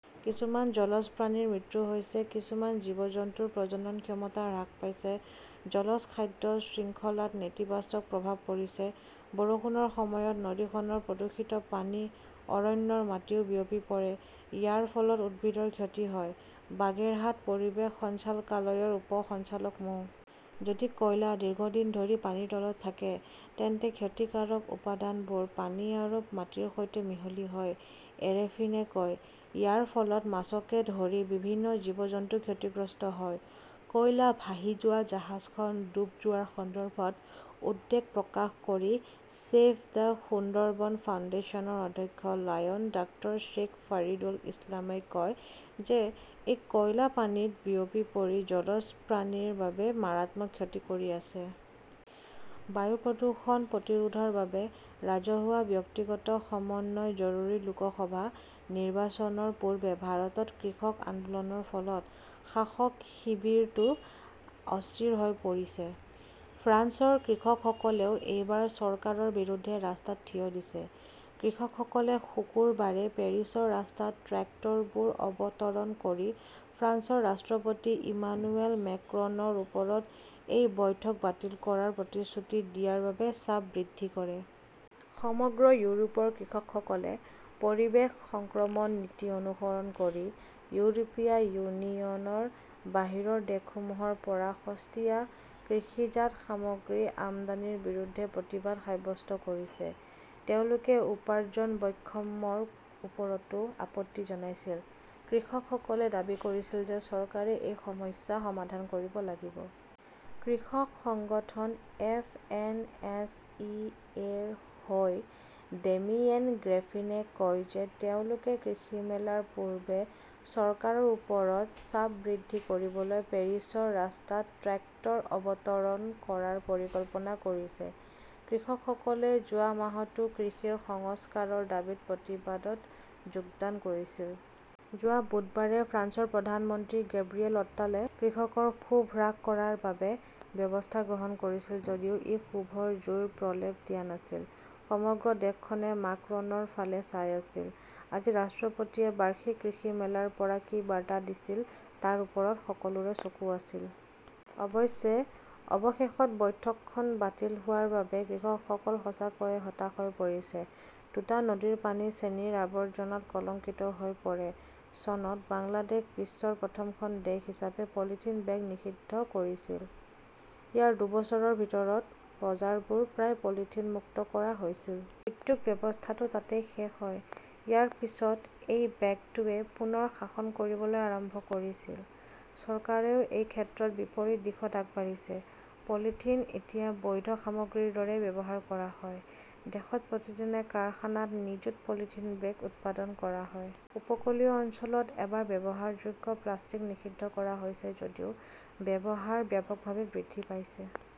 কিছুমান জলজ প্ৰাণীৰ মৃত্যু হৈছে। কিছুমান জীৱ-জন্তুৰ প্ৰজনন ক্ষমতা হ্ৰাস পাইছে। জলজ খাদ্য শৃংখলাত নেতিবাচক প্ৰভাৱ পৰিছে। বৰষুণৰ সময়ত নদীখনৰ প্ৰদূষিত পানী অৰণ্যৰ মাটিতও বিয়পি পৰে। ইয়াৰ ফলত উদ্ভিদৰ ক্ষতি হয়। বাগেৰহাট পৰিৱেশ সঞ্চালকালয়ৰ উপ সঞ্চালক মো. যদি কয়লা দীৰ্ঘদিন ধৰি পানীৰ তলত থাকে তেন্তে ক্ষতিকাৰক উপাদানবোৰ পানী আৰু মাটিৰ সৈতে মিহলি হয়, এৰেফিনে কয়। ইয়াৰ ফলত মাছকে ধৰি বিভিন্ন জীৱ-জন্তু ক্ষতিগ্ৰস্ত হয়। কয়লা ভাহি যোৱা জাহাজখন ডুব যোৱাৰ সন্দৰ্ভত উদ্বেগ প্ৰকাশ কৰি ছেভ দ্য সুন্দৰবন ফাউণ্ডেশ্যনৰ অধ্যক্ষ লায়ন ডাক্তৰ শ্বেইখ ফাৰিদুল ইছলামই কয় যে এই কয়লা পানীত বিয়পি পৰি জলজ প্ৰাণীৰ বাবে মাৰাত্মক ক্ষতি কৰি আছে। বায়ু প্ৰদূষণ প্ৰতিৰোধৰ বাবে ৰাজহুৱা-ব্যক্তিগত সমন্বয় জৰুৰী লোকসভা নিৰ্বাচনৰ পূৰ্বে ভাৰতত কৃষক আন্দোলনৰ ফলত শাসক শিবিৰটো অস্থিৰ হৈ পৰিছে। ফ্ৰান্সৰ কৃষকসকলেও এইবাৰ চৰকাৰৰ বিৰুদ্ধে ৰাস্তাত থিয় দিছে। কৃষকসকলে শুকুৰবাৰে পেৰিছৰ ৰাস্তাত ট্ৰেক্টৰবোৰ অৱতৰণ কৰি ফ্ৰান্সৰ ৰাষ্ট্ৰপতি ইমানুৱেল মেক্ৰনৰ ওপৰত এই বৈঠক বাতিল কৰাৰ প্ৰতিশ্ৰুতি দিয়াৰ বাবে চাপ বৃদ্ধি কৰে। সমগ্ৰ ইউৰোপৰ কৃষকসকলে পৰিৱেশ সংক্ৰমণ নীতি অনুসৰণ কৰি ইউৰোপীয় ইউনিয়নৰ বাহিৰৰ দেশসমূহৰ পৰা সস্তীয়া কৃষিজাত সামগ্ৰী আমদানিৰ বিৰুদ্ধে প্ৰতিবাদ সাব্যস্ত কৰিছে। তেওঁলোকে উপাৰ্জন বৈষম্যৰ ওপৰতো আপত্তি জনাইছিল। কৃষকসকলে দাবী কৰিছিল যে চৰকাৰে এই সমস্যা সমাধান কৰিব লাগিব। কৃষক সংগঠন F N S E A ৰ হৈ ডেমিয়েন গ্ৰেফিনে কয় যে তেওঁলোকে কৃষি মেলাৰ পূৰ্বে চৰকাৰৰ ওপৰত চাপ বৃদ্ধি কৰিবলৈ পেৰিছৰ ৰাস্তাত ট্ৰেক্টৰ অৱতৰণ কৰাৰ পৰিকল্পনা কৰিছে। কৃষকসকলে যোৱা মাহতো কৃষিৰ সংস্কাৰৰ দাবীত প্ৰতিবাদত যোগদান কৰিছিল। যোৱা বুধবাৰে ফ্ৰান্সৰ প্ৰধানমন্ত্ৰী গেব্ৰিয়েল অট্টালে কৃষকৰ ক্ষোভ হ্ৰাস কৰাৰ বাবে ব্যৱস্থা গ্ৰহণ কৰিছিল যদিও ই ক্ষোভৰ জুইৰ প্ৰলেপ দিয়া নাছিল। সমগ্ৰ দেশখনে মাকৰনৰ ফালে চাই আছিল। আজি ৰাষ্ট্ৰপতিয়ে বাৰ্ষিক কৃষি মেলাৰ পৰা কি বাৰ্তা দিছিল তাৰ ওপৰত সকলোৰে চকু আছিল। অৱশ্যে, অৱশেষত বৈঠকখন বাতিল হোৱাৰ বাবে কৃষকসকল সঁচাকৈয়ে হতাশ হৈ পৰিছে। দুটা নদীৰ পানী চেনিৰ আৱৰ্জনাত কলঙ্কিত হৈ পৰে চনত বাংলাদেশ বিশ্বৰ প্ৰথমখন দেশ হিচাপে পলিথিন বেগ নিষিদ্ধ কৰিছিল। ইয়াৰ দুবছৰৰ ভিতৰত বজাৰবোৰ প্ৰায় পলিথিন মুক্ত কৰা হৈছিল। উদ্যোগ, ব্যৱস্থাটো তাতেই শেষ হয়। ইয়াৰ পিছত এই বেগটোৱে পুনৰ শাসন কৰিবলৈ আৰম্ভ কৰিছিল। চৰকাৰেও এই ক্ষেত্ৰত বিপৰীত দিশত আগবাঢ়িছে। পলিথিন এতিয়া বৈধ সামগ্ৰীৰ দৰেই ব্যৱহাৰ কৰা হয়। দেশত প্ৰতিদিনে কাৰখানাত নিযুত পলিথিন বেগ উৎপাদন কৰা হয়। উপকূলীয় অঞ্চলত এবাৰ ব্যৱহাৰযোগ্য প্লাষ্টিক নিষিদ্ধ কৰা হৈছে যদিও ব্যৱহাৰ ব্যাপকভাৱে বৃদ্ধি পাইছে।